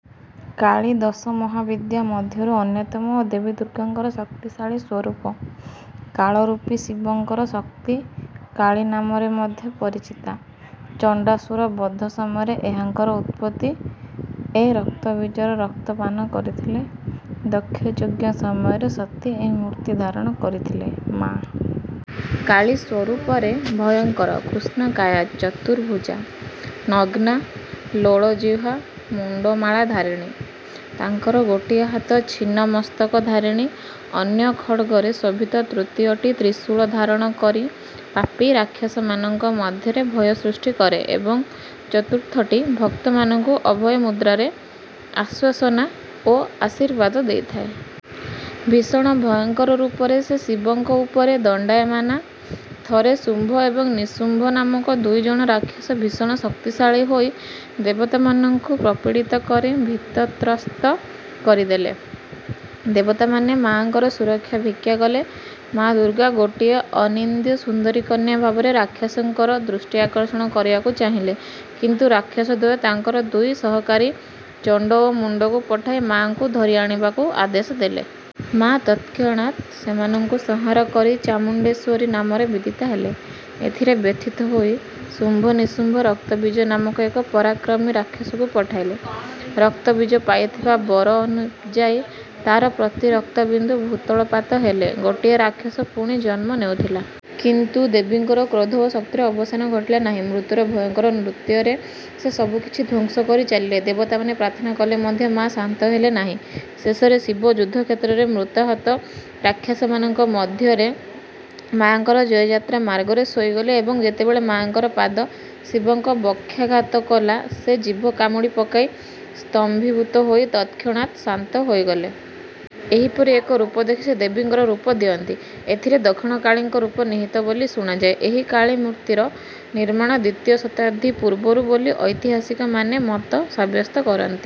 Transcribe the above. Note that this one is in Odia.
କାଳୀ ଦଶମହାବିଦ୍ୟା ମଧ୍ୟରୁ ଅନ୍ୟତମ ଓ ଦେବୀ ଦୁର୍ଗାଙ୍କର ଶକ୍ତିଶାଳୀ ସ୍ୱରୂପ। କାଳରୂପୀ ଶିବଙ୍କର ଶକ୍ତି କାଳୀ ନାମରେ ମଧ୍ୟ ପରିଚିତା। ଚଣ୍ଡାସୁର ବଧ ସମୟରେ ଏହାଙ୍କର ଉତ୍ପତ୍ତି, ଏ ରକ୍ତବୀଜର ରକ୍ତ ପାନ କରିଥିଲେ। ଦକ୍ଷଯଜ୍ଞ ସମୟରେ ସତୀ ଏହି ମୂର୍ତ୍ତି ଧାରଣ କରିଥିଲେ। ମା' କାଳୀ ସ୍ୱରୂପରେ ଭୟଙ୍କର କୃଷ୍ଣକାୟା, ଚତୁର୍ଭୁଜା, ନଗ୍ନା, ଲୋଳଜିହ୍ୱା, ମୁଣ୍ଡମାଳାଧାରିଣୀ। ତାଙ୍କର ଗୋଟିଏ ହାତ ଛିନ୍ନ-ମସ୍ତକ ଧାରିଣୀ, ଅନ୍ୟ ଖଡ୍ଗରେ ଶୋଭିତ, ତୃତୀୟଟି ତ୍ରିଶୂଳ ଧାରଣ କରି ପାପୀ ରାକ୍ଷସମାନଙ୍କ ମଧ୍ୟରେ ଭୟ ସୃଷ୍ଟି କରେ ଏବଂ ଚତୁର୍ଥଟି ଭକ୍ତମାନଙ୍କୁ ଅଭୟ ମୁଦ୍ରାରେ ଆଶ୍ୱାସନା ଓ ଆଶୀର୍ବାଦ ଦେଇଥାଏ। ଭୀଷଣ ଭୟଙ୍କର ରୂପରେ ସେ ଶିବଙ୍କ ଉପରେ ଦଣ୍ଡାୟମାନା। ଥରେ ଶୁମ୍ଭ ଏବଂ ନିଶୁମ୍ଭ ନାମକ ଦୁଇ ଜଣ ରାକ୍ଷସ ଭୀଷଣ ଶକ୍ତିଶାଳୀ ହୋଇ ଦେବତାମାନଙ୍କୁ ପ୍ରପୀଡ଼ିତ କରି ଭୀତତ୍ରସ୍ତ କରିଦେଲେ। ଦେବତାମାନେ ମା'ଙ୍କର ସୁରକ୍ଷା ଭିକ୍ଷା କଲେ। ମା' ଦୁର୍ଗା ଗୋଟିଏ ଅନିନ୍ଦ୍ୟ ସୁନ୍ଦରୀ କନ୍ୟା ଭାବରେ ରାକ୍ଷସଙ୍କର ଦୃଷ୍ଟି ଆକର୍ଷଣ କରିବାକୁ ଚାହିଁଲେ, କିନ୍ତୁ ରାକ୍ଷସ ଦ୍ୱୟ ତାଙ୍କର ଦୁଇ ସହକାରୀ ଚଣ୍ଡ ଓ ମୁଣ୍ଡଙ୍କୁ ପଠାଇ ମା'ଙ୍କୁ ଧରି ଆଣିବାକୁ ଆଦେଶ ଦେଲେ। ମା' ତତ୍କ୍ଷଣାତ୍ ସେମାନଙ୍କୁ ସଂହାର କରି ଚାମୁଣ୍ଡେଶ୍ୱରୀ ନାମରେ ବିଦିତା ହେଲେ। ଏଥିରେ ବ୍ୟଥିତ ହୋଇ ଶୁମ୍ଭ, ନିଶୁମ୍ଭ ରକ୍ତବୀଜ ନାମକ ଏକ ପରାକ୍ରମୀ ରାକ୍ଷସକୁ ପଠାଇଲେ। ରକ୍ତବୀଜ ପାଇଥିବା ବର ଅନୁଯାୟୀ ତା’ର ପ୍ରତି ରକ୍ତବିନ୍ଦୁ ଭୂତଳପାତ ହେଲେ ଗୋଟିଏ ରାକ୍ଷସ ପୁଣି ଜନ୍ମ ନେଉଥିଲା। କିନ୍ତୁ ଦେବୀଙ୍କର କ୍ରୋଧ ଓ ଶକ୍ତିର ଅବସାନ ଘଟିଲା ନାହିଁ। ମୃତ୍ୟୁର ଭୟଙ୍କର ନୃତ୍ୟରେ ସେ ସବୁକିଛି ଧ୍ୱଂସ କରି ଚାଲିଲେ। ଦେବତାମାନେ ପ୍ରାର୍ଥନା କଲେ ମଧ୍ୟ ମା’ ଶାନ୍ତ ହେଲେ ନାହିଁ। ଶେଷରେ ଶିବ ଯୁଦ୍ଧକ୍ଷେତ୍ରରେ ମୃତାହତ ରାକ୍ଷସମାନଙ୍କ ମଧ୍ୟରେ ମା'ଙ୍କର ଜୟଯାତ୍ରା ମାର୍ଗରେ ଶୋଇଗଲେ ଏବଂ ଯେତେବେଳେ ମା'ଙ୍କର ପାଦ ଶିବଙ୍କ ବକ୍ଷାଘାତ କଲା, ସେ ଜିଭ କାମୁଡ଼ି ପକାଇ, ସ୍ତମ୍ଭୀଭୂତ ହୋଇ ତତ୍କ୍ଷଣାତ୍ ଶାନ୍ତ ହୋଇଗଲେ। ଏହିପରି ଏକ ରୂପ ଦେଖି ସେ ଦେବୀଙ୍କର ରୂପ ଦିଅନ୍ତି। ଏଥିରେ ଦକ୍ଷିଣକାଳୀଙ୍କ ରୂପ ନିହିତ ବୋଲି ଶୁଣାଯାଏ। ଏହି କାଳୀ ମୂର୍ତ୍ତିର ନିର୍ମାଣ ଦ୍ୱିତୀୟ ଶତାବ୍ଦୀ ପୂର୍ବରୁ ବୋଲି ଐତିହାସିକମାନେ ମତ ସାବ୍ୟସ୍ତ କରନ୍ତି।